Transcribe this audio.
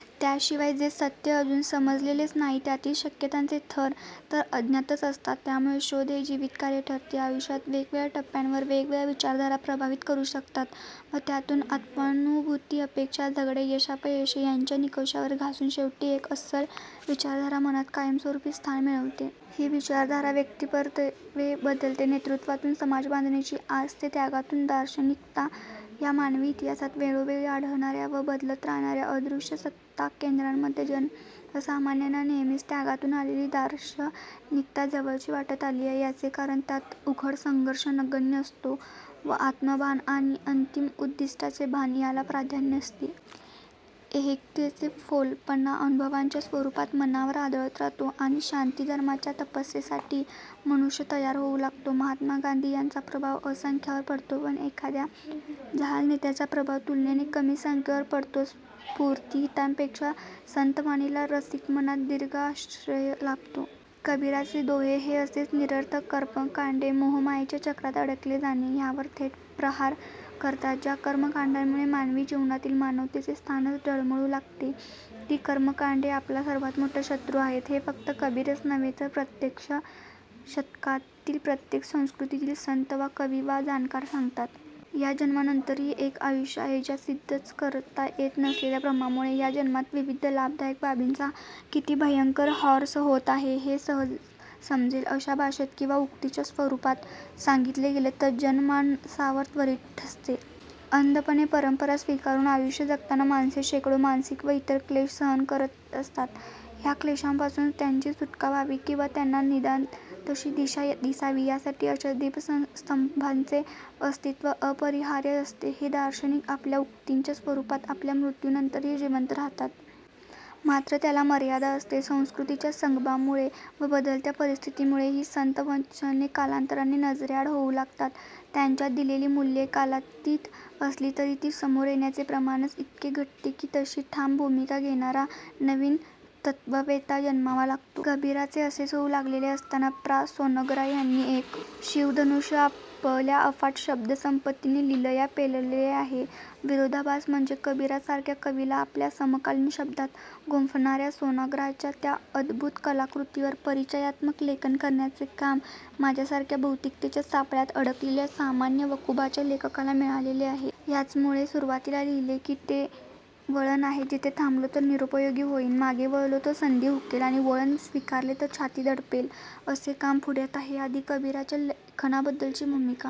त्याशिवाय जे सत्य अजून समजलेलेच नाही त्यातील शक्यतांचे थर तर अज्ञातच असतात. त्यामुळे शोध हे जीवितकार्य ठरते. आयुष्यात वेगवेगळ्या टप्प्यावर वेगवेगळ्या विचारधारा प्रभावित करू शकतात व त्यातून आत्मानुभुती, अपेक्षा, झगडे, यशापयशे ह्यांच्या निकषावर घासून शेवटी एक अस्सल विचारधारा मनात कायमस्वरुपी स्थान मिळवते. ही विचारधारा व्यक्तीपरत्वे बदलते. नेतृत्वातून समाजबांधणीची आस ते त्यागातून दार्शनिकता ह्या मानवी इतिहासात वेळोवेळी आढळणार्या व बदलत राहणार्या अदृश्य सत्ताकेंद्रांमध्ये जनसामान्यांना नेहमीच त्यागातून आलेली दार्शनिकता जवळची वाटत आली आहे. ह्याचे कारण त्यात उघड संघर्ष नगण्य असतो व आत्मभान आणि अंतिम उद्दिष्टाचे भान ह्याला प्राधान्य असते. ऐहिकतेचा फोलपणा अनुभवांच्या स्वरुपात मनावर आदळत राहतो आणि शांतीधर्माच्या तपस्येसाठी मनुष्य तयार होऊ लागतो. महात्मा गांधी ह्यांचा प्रभाव असंख्यांवर पडतो पण एखाद्या जहाल नेत्याचा प्रभाव तुलनेने कमी संख्येवर पडतो. स्फुर्तीगीतांपेक्षा संतवाणीला रसिकमनात दीर्घ आश्रय लाभतो. कबीराचे दोहे हे असेच निरर्थक कर्मकांडे, मोह-मायेच्या चक्रात अडकले जाणे ह्यावर थेट प्रहार करतात. ज्या कर्मकांडांमुळे मानवी जीवनातील मानवतेचे स्थानच डळमळू लागते ती कर्मकांडे आपला सर्वात मोठा शत्रू आहेत हे फक्त कबीरच नव्हे तर प्रत्येक शतकातील, प्रत्येक संस्कृतीतील संत वा कवी वा जाणकार सांगतात. ह्या जन्मानंतरही एक आयुष्य आहे ह्या सिद्धच करता येत नसलेल्या भ्रमामुळे ह्या जन्मात विविध लाभदायक बाबींचा किती भयंकर र्हास होत आहे हे सहज समजेल अशा भाषेत किंवा उक्तीच्या स्वरुपात सांगितले गेले तर जनमानसावर त्वरीत ठसते. अंधपणे परंपरा स्वीकारून आयुष्य जगताना माणसे शेकडो मानसिक व इतर क्लेष सहन करत असतात. ह्या क्लेषांपासून त्यांची सुटका व्हावी किंवा त्यांना निदान तशी दिशा दिसावी ह्यासाठी अशा दीपस्तंभांचे अस्तित्व अपरिहार्य असते. हे दार्शनिक आपल्या उक्तींच्या स्वरुपात आपल्या मृत्यूनंतरही जिवंत राहतात. मात्र त्याला मर्यादा असते. संस्कृतींच्या संगमांमुळे व बदलत्या परिस्थितीमुळे ही संतवचने कालांतराने नजरेआड होऊ लागतात. त्यांच्यात दिलेली मूल्ये कालातीत असली तरी ती समोर येण्याचे प्रमाणच इतके घटते की तशी ठाम भूमिका घेणारा नवीन तत्ववेत्ता जन्मावा लागतो. कबीराचे असेच होऊ लागलेले असताना प्रा. सोनग्रा ह्यांनी एक शिवधनुष्य आपल्या अफाट शब्दसंपत्त्तीने लीलया पेलले आहे. विरोधाभास म्हणजे कबीरासारख्या कवीला आपल्या समकालीन शब्दांत गुंफणार्या सोनग्रांच्या त्या अद्भुत कलाकृतीवर परिचयात्मक लेखन करण्याचे काम माझ्यासारख्या भौतिकतेच्या सापळ्यात अडकलेल्या सामान्य वकुबाच्या लेखकाला मिळालेले आहे. ह्याचमुळे सुरुवातीला लिहिले की हे ते वळण आहे जिथे थांबलो तर निरुपयोगी होईन, मागे वळलो तर संधी हुकेल आणि वळण स्वीकारले तर छाती दडपेल असे काम पुढ्यात आहे. आधी कबीराच्या लेखनाबद्दलची भूमिका